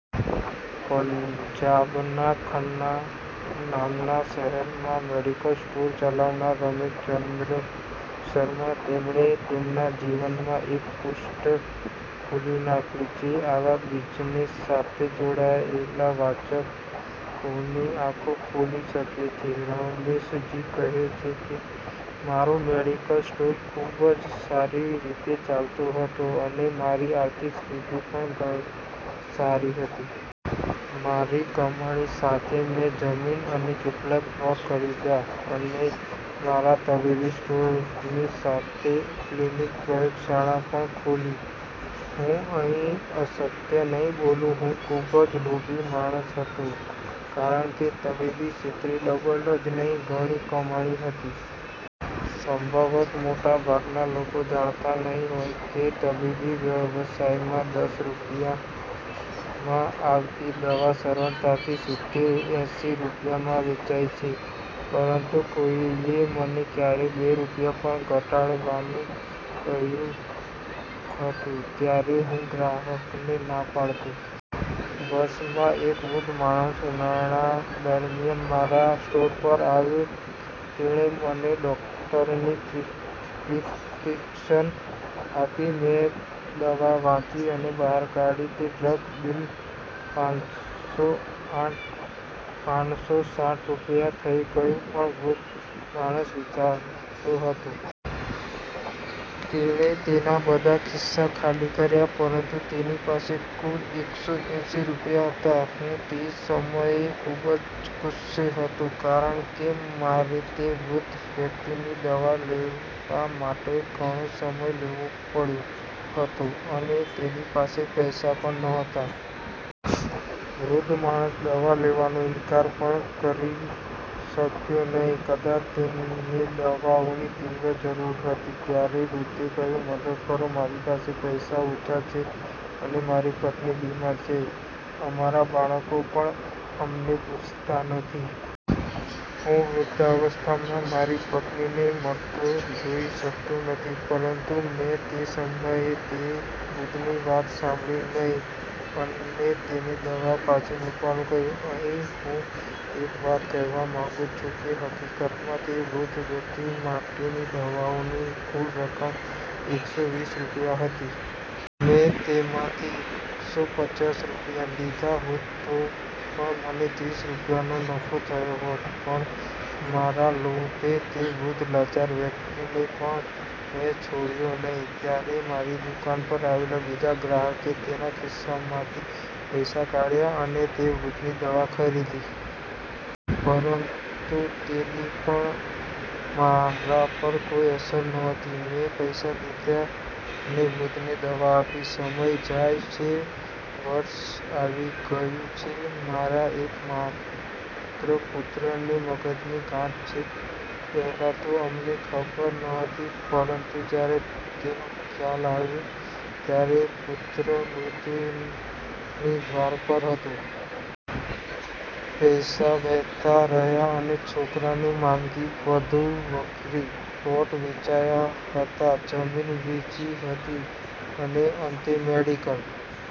પંજાબના 'ખન્ના' નામના શહેરમાં મેડિકલ સ્ટોર ચલાવનાર રમેશચંદ્ર શર્મા; તેમણે તેમના જીવનમાં એક પૃષ્ઠ ખોલી નાખ્યું, જે આવા બિઝનેસ સાથે જોડાયેલા વાચકોની આંખો ખોલી શકે છે. રમેશજી કહે છે કે મારો મેડિકલ સ્ટોર ખૂબ જ સારી રીતે ચાલતો હતો અને મારી આર્થિક સ્થિતિ પણ ઘણી સારી હતી. મારી કમાણી સાથે મેં જમીન અને કેટલાક પ્લોટ ખરીદ્યા અને મારા તબીબી સ્ટોરની સાથે ક્લિનિકલ પ્રયોગશાળા પણ ખોલી. હું અહીં અસત્ય નહીં બોલું. હું ખૂબ જ લોભી માણસ હતો, કારણ કે તબીબી ક્ષેત્રે ડબલ જ નહીં, ઘણી કમાણી કરી હતી. સંભવત: મોટાભાગના લોકો જાણતા નહીં હોય કે તબીબી વ્યવસાયમાં દસ રૂપિયામાં આવતી દવા સરળતાથી સિત્તેર -એંસી રૂપિયામાં વેચાય છે. પરંતુ કોઈએ મને ક્યારેક બે રૂપિયા પણ ઘટાડવાનું કહ્યું હતું, ત્યારે હું ગ્રાહકને ના પાડતો. વર્ષ માં એક વૃદ્ધ માણસ ઉનાળા દરમિયાન મારા સ્ટોર પર આવ્યો. તેણે મને ડૉક્ટરની પ્રિસ્ક્રિપ્શન આપી. મેં દવા વાંચી અને બહાર કાઢી તે ડ્રગ બિલ પાનસો સાઠ રૂપિયા થઈ ગયું. પણ વૃદ્ધ માણસ વિચારતો હતો. તેણે તેના બધાં ખિસ્સાં ખાલી કર્યાં, પરંતુ તેની પાસે કુલ એકસો એંસી રૂપિયા હતા. હું તે સમયે ખૂબ જ ગુસ્સે હતો, કારણ કે મારે તે વૃદ્ધ વ્યક્તિની દવા લેવા માટે ઘણો સમય લેવો પડ્યો હતો અને તેની પાસે પૈસા પણ નહોતા. વૃદ્ધ માણસ દવા લેવાનો ઇનકાર પણ કરી શક્યો નહીં. કદાચ તેને દવાઓની તીવ્ર જરૂર હતી. ત્યારે વૃદ્ધે કહ્યું, "મદદ કરો. મારી પાસે પૈસા ઓછા છે અને મારી પત્ની બીમાર છે. અમારાં બાળકો પણ અમને પૂછતાં નથી. હું વૃદ્ધાવસ્થામાં મારી પત્નીને મરતો જોઈ શકતો નથી. " પરંતુ મેં તે સમયે તે વૃદ્ધની વાત સાંભળી નહીં અને તેને દવા પાછી મૂકવાનું કહ્યું. અહીં હું એક વાત કહેવા માંગુ છું કે હકીકતમાં તે વૃદ્ધ વ્યક્તિ માટેની દવાઓની કુલ રકમ એકસો વીસ રૂપિયા હતી. મેં તેમાંથી એકસો પચાસ રૂપિયા લીધા હોત તો પણ મને ત્રીસ રૂપિયાનો નફો થયો હોત. પણ મારા લોભે તે વૃદ્ધ લાચાર વ્યક્તિને પણ મેં છોડ્યો નહીં. ત્યારે મારી દુકાન પર આવેલા બીજા ગ્રાહકે તેના ખિસ્સામાંથી પૈસા કાઢયા અને તે વૃદ્ધની દવા ખરીદી. પરંતુ તેની પણ મારા પર કોઈ અસર નહોતી. મેં પૈસા લીધા અને વૃદ્ધને દવા આપી. સમય જાય છે. વર્ષ આવી ગયું છે. મારા એકમાત્ર પુત્રને મગજની ગાંઠ છે. પહેલાં તો અમને ખબર નહોતી, પરંતુ જ્યારે તેનો ખ્યાલ આવ્યો ત્યારે પુત્ર મૃત્યુની ધાર પર હતો. પૈસા વહેતા રહ્યા અને છોકરાની માંદગી વધુ વકરી. પ્લોટ વેચાયા હતા, જમીન વેચી હતી અને અંતે મેડિકલ